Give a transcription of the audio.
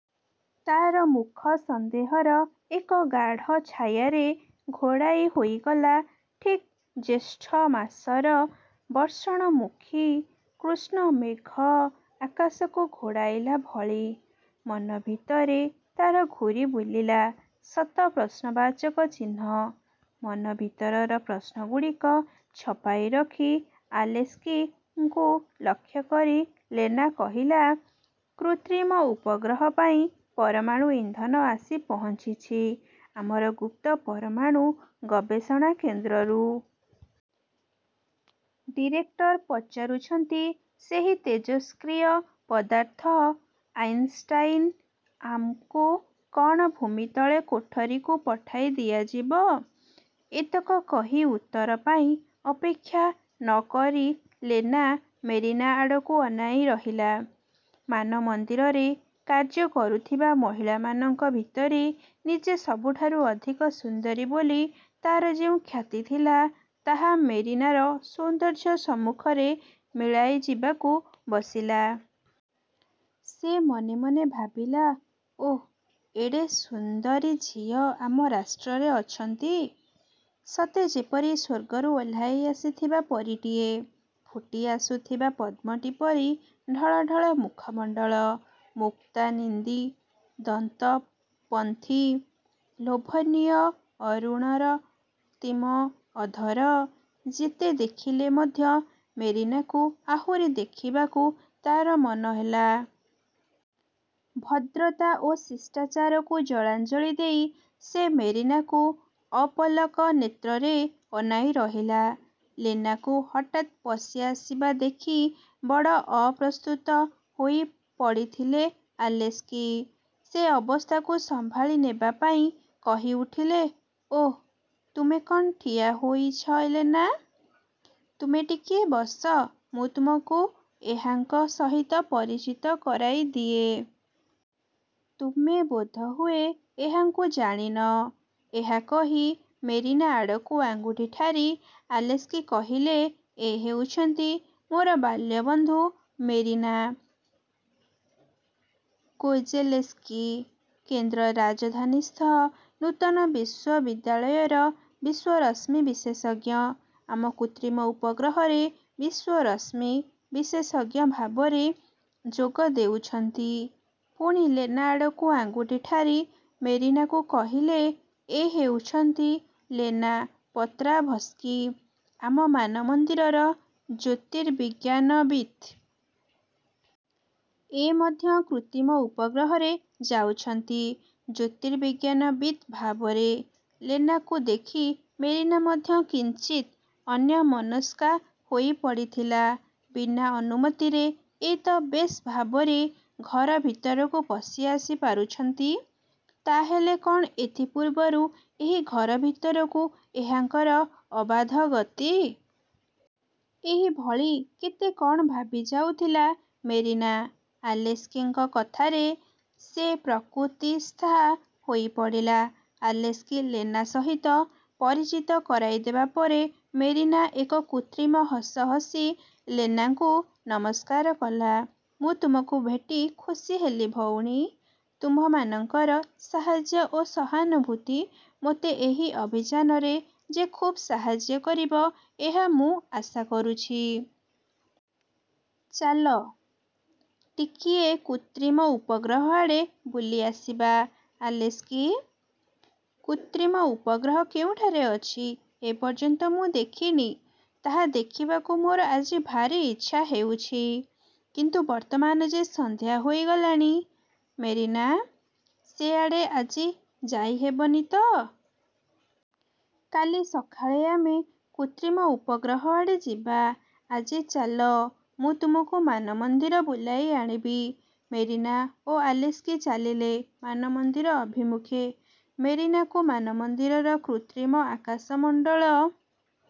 ତା'ର ମୁଖ ସନ୍ଦେହର ଏକ ଗାଢ଼ ଛାୟାରେ ଘୋଡ଼ାଇ ହୋଇଗଲା ଠିକ୍ ଜ୍ୟୋଷ୍ଠ ମାସର ବର୍ଷଣମୁଖୀ କୃଷ୍ଣମେଘ ଆକାଶକୁ ଘୋଡ଼ାଇଲା ଭଳି। ମନ ଭିତରେ ତା'ର ଘୂରିବୁଲିଲା ଶତ ପ୍ରଶ୍ନବାଚକ ଚିହ୍ନ। ମନ ଭିତରର ପ୍ରଶ୍ନଗୁଡ଼ିକ ଚପାଇ ରଖି ଆଲେସ୍କିଙ୍କୁ ଲକ୍ଷ୍ୟକରି ଲେନା କହିଲା, ''କୃତ୍ରିମ ଉପଗ୍ରହ ପାଇଁ ପରମାଣୁ ଇନ୍ଧନ ଆସି ପହଞ୍ଚିଛି ଆମର ଗୁପ୍ତ ପରମାଣୁ ଗବେଷଣା କେନ୍ଦ୍ରରୁ। ଡିରେକ୍ଟର ପଚାରୁଛନ୍ତି, ସେହି ତେଜସ୍କ୍ରିୟ ପଦାର୍ଥ ଆଇନ୍ଷ୍ଟାଇନିଅମ୍କୁ କ'ଣ ଭୂମିତଳ କୋଠରିକୁ ପଠାଇ ଦିଆଯିବ? '' ଏତକ କହି ଉତ୍ତର ପାଇଁ ଅପେକ୍ଷା ନ କରି ଲେନା ମେରିନା ଆଡ଼କୁ ଅନାଇ ରହିଲା! ମାନମନ୍ଦିରରେ କାର୍ଯ୍ୟ କରୁଥିବା ମହିଳାମାନଙ୍କ ଭିତରେ ନିଜେ ସବୁଠାରୁ ଅଧିକ ସୁନ୍ଦରୀ ବୋଲି ତାର ଯେଉଁ ଖ୍ୟାତି ଥିଲା, ତାହା ମେରିନାର ସୌନ୍ଦର୍ଯ୍ୟ ସମ୍ମୁଖରେ ମିଳାଇଯିବାକୁ ବସିଲା। ସେ ମନେ ମନେ ଭାବିଲା, ''ଓଃ, ଏଡ଼େ ସୁନ୍ଦରୀ ଝିଅ ଆମ ରାଷ୍ଟ୍ରରେ ଅଛନ୍ତି! ସତେ ଯେପରି ସ୍ୱର୍ଗରୁ ଓହ୍ଲାଇଆସିଥିବା ପରୀଟିଏ! ଫୁଟିଆସୁଥିବା ପଦ୍ମଟି ପରି ଢଳଢଳ ମୁଖମଣ୍ଡଳ, ମୁକ୍ତାନିନ୍ଦୀ ଦନ୍ତପନ୍ତୀ, ଲୋଭନୀୟ ଅରୁଣରକ୍ତିମ ଅଧର। ଯେତେ ଦେଖିଲେ ମଧ୍ୟ ମେରିନାକୁ ଆହୁରି ଦେଖିବାକୁ ତା'ର ମନ ହେଲା। ଭଦ୍ରତା ଓ ଶିଷ୍ଟାଚାରକୁ ଜଳାଞ୍ଜଳି ଦେଇ ସେ ମେରିନାକୁ ଅପଲକ ନେତ୍ରରେ ଅନାଇ ରହିଲା। ଲେନାକୁ ହଠାତ୍ ପଶିଆସିବା ଦେଖି ବଡ଼ ଅପ୍ରସ୍ତୁତ ହୋଇପଡ଼ିଥିଲେ ଆଲେସ୍କି। ସେ ଅବସ୍ଥାକୁ ସମ୍ଭାଳି ନେବାପାଇଁ କହିଉଠିଲେ, ''ଓଃ! ତୁମେ କଣ ଠିଆ ହୋଇଛ ଲେନା! ତୁମେ ଟିକିଏ ବସ, ମୁଁ ତୁମକୁ ଏହାଙ୍କ ସହିତ ପରିଚିତ କରାଇ ଦିଏ। ତୁମେ ବୋଧହୁଏ, ଏହାଙ୍କୁ ଜାଣିନ? '' ଏହା କହି ମେରିନା ଆଡ଼କୁ ଅଙ୍ଗୁଳି ଠାରି ଆଲେସ୍କି କହିଲେ, ''ଏ ହେଉଛନ୍ତି ମୋର ବାଲ୍ୟବନ୍ଧୁ ମେରିନା କୋଜେଲେସ୍କି। କେନ୍ଦ୍ର ରାଜଧାନୀସ୍ଥ ନୂତନ ବିଶ୍ୱବିଦ୍ୟାଳୟର ବିଶ୍ୱରଶ୍ମି ବିଶେଷଜ୍ଞ। ଆମ କୃତ୍ରିମ ଉପଗ୍ରହରେ ବିଶ୍ୱରଶ୍ମି-ବିଶେଷଜ୍ଞ ଭାବରେ ଯୋଗ ଦେଉଛନ୍ତି-। '' ପୁଣି ଲେନା ଆଡ଼କୁ ଅଙ୍ଗୁଳି ଠାରି ମେରିନାକୁ କହିଲେ, ''ଏ ହେଉଛନ୍ତି ଲେନା ପତ୍ରାଭସ୍କି; ଆମ ମାନମନ୍ଦିରର ଜ୍ୟୋତିର୍ବିଜ୍ଞାନବିତ୍। ଏ ମଧ୍ୟ କୃତ୍ରିମ ଉପଗ୍ରହରେ ଯାଉଛନ୍ତି ଜୋତିର୍ବିଜ୍ଞାନବିତ୍ ଭାବରେ। '' ଲେନାକୁ ଦେଖି ମେରିନା ମଧ୍ୟ କିଞ୍ଚିତ୍ ଅନ୍ୟମନସ୍କା ହୋଇପଡ଼ିଥିଲା। 'ବିନା ଅନୁମତିରେ ଏ ତ ବେଶ୍ ଭାବରେ ଘର ଭିରରକୁ ପଶି ଆସିପାରୁଛନ୍ତି। ତା' ହେଲେ କ'ଣ ଏଥିପୂର୍ବରୁ ଏହି ଘର ଭିତରକୁ ଏହାଙ୍କର ଅବାଧ ଗତି। '-ଏହିଭଳି କେତେ କ'ଣ ଭାବିଯାଉଥିଲା ମେରିନା। ଆଲେସ୍କିଙ୍କ କଥାରେ ସେ ପ୍ରକୃତିସ୍ଥା ହୋଇପଡ଼ିଲା। ଆଲେସ୍କି ଲେନା ସହିତ ପରିଚିତ କରାଇଦେବା ପରେ ମେରିନା ଏକ କୃତ୍ରିମ ହସ ହସି ଲେନାଙ୍କୁ ନମସ୍କାର କଲା। ''ମୁଁ ତୁମକୁ ଭେଟି ଖୁସି ହେଲି ଭଉଣୀ। ତୁମ୍ଭମାନଙ୍କର ସାହାଯ୍ୟ ଓ ସହାନୁଭୂତି ମୋତେ ଏହି ଅଭିଯାନରେ ଯେ ଖୁବ୍ ସାହାଯ୍ୟ କରିବ, ଏହା ମୁଁ ଆଶା କରୁଛି। '' ''ଚାଲ, ଟିକିଏ କୃତ୍ରିମ ଉପଗ୍ରହ ଆଡ଼େ ବୁଲି ଆସିବା ଆଲେସ୍କି! କୃତ୍ରିମ ଉପଗ୍ରହ କେଉଁଠାରେ ଅଛି ଏପର୍ଯ୍ୟନ୍ତ ମୁଁ ଦେଖିନି। ତାହା ଦେଖିବାକୁ ମୋର ଆଜି ଭାରି ଇଚ୍ଛା ହେଉଛି। '' ''କିନ୍ତୁ ବର୍ତ୍ତମାନ ଯେ ସନ୍ଧ୍ୟା ହୋଇଗଲାଣି ମେରିନା! ସେ ଆଡ଼େ ଆଜି ଯାଇହେବନି ତ। କାଲି ସକାଳେ ଆମେ କୃତ୍ରିମ ଉପଗ୍ରହ ଆଡ଼େ ଯିବା। ଆଜି ଚାଲ, ମୁଁ ତୁମକୁ ମାନମନ୍ଦିର ବୁଲାଇ ଆଣିବି। '' ମେରିନା ଓ ଆଲେସ୍କି ଚାଲିଲେ ମାନମନ୍ଦିର ଅଭିମୁଖେ ମେରିନାକୁ ମାନମନ୍ଦିରର କୃତ୍ରିମ ଆକାଶମଣ୍ଡଳ